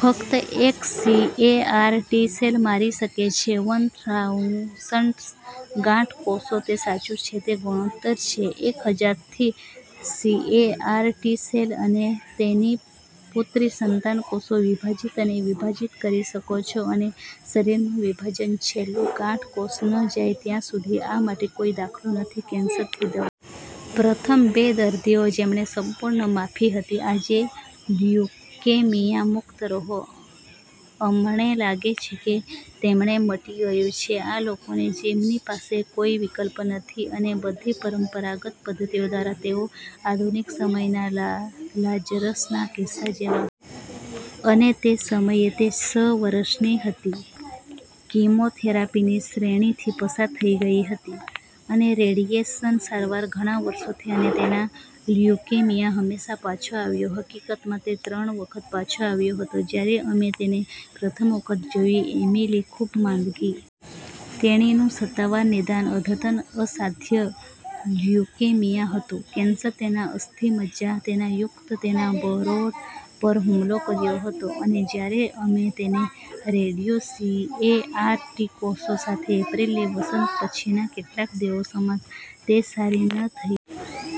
ફક્ત એક CAR T cell મારી શકે છે વન થૉઉસન્ડ ગાંઠ કોષો. તે સાચું છે. તે ગુણોત્તર છે એક હજાર થી. સીએઆર ટી સેલ અને તેની પુત્રી સંતાન કોષો વિભાજીત અને વિભાજિત કરી શકો છો અને શરીર વિભાજન છેલ્લું ગાંઠ કોષ ન જાય ત્યાં સુધી આ માટે કોઈ દાખલો નથી કેન્સરની દવા પ્રથમ બે દર્દીઓ જેમને સંપૂર્ણ માફી હતી આજે લ્યુકેમિયા મુક્ત રહો. અમણે લાગે છે કે તેમણે મટી ગયું છે. આ લોકો ને જેમની પાસે કોઈ વિકલ્પ નથી અને બધી પરંપરાગત પદ્ધતિઓ દ્વારા તેઓ આધુનિક સમયના લા લાજરસના કિસ્સા જેવા અને તે સમયે તે સ વરસની હતી. તે કીમોથેરાપીની શ્રેણીથી પસાર થઈ ગઈ હતી અને રેડિયેશન સારવાર ઘણા વર્ષોથી અને તેનો લ્યુકેમિયા હંમેશાં પાછો આવ્યો. હકીકતમાં તે ત્રણ વખત પાછો આવ્યો હતો. જ્યારે અમે તેને પ્રથમ વખત જોયું, એમિલી ખૂબ માંદગી તેણીનું સત્તાવાર નિદાન અદ્યતન અસાધ્ય લ્યુકેમિયા હતું. કેન્સર તેના અસ્થિ મજ્જા, તેના યુક્ત, તેના બરોળ પર હુમલો કર્યો હતો અને જ્યારે અમે તેને રેડ્યું સીએઆર ટી કોષો સાથે એપ્રિલની વસંત પછીના કેટલાક દિવસોમાં તે સારી ન થઈ.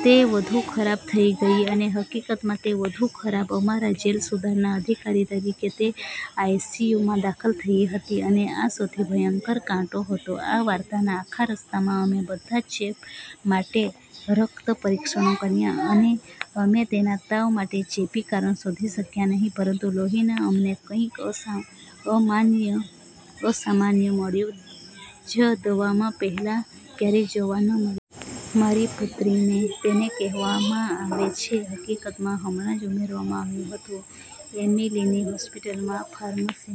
તે વધુ ખરાબ થઈ ગઈ અને હકીકતમાં, તે વધુ ખરાબ. અમારા જેલ સુધારણા અધિકારી તરીકે તે આઈસીયુમાં દાખલ થઈ હતી અને આ સૌથી ભયંકર કાંટો હતો આ વાર્તાના આખા રસ્તામાં. અમે બધા ચેપ માટે રક્ત પરીક્ષણો કર્યા અને અમે તેના તાવ માટે ચેપી કારણ શોધી શક્યા નહીં પરંતુ લોહીના અમને કંઈક અસા આમાન્ય અસામાન્ય મળ્યું જે દવામાં પહેલાં ક્યારેય જોવા ન મળ્યું. મારી પુત્રી ને તેને કહેવામાં આવે છે. હકીકતમાં, હમણાં જ ઉમેરવામાં આવ્યું હતું એમિલીની હોસ્પિટલમાં ફાર્મસી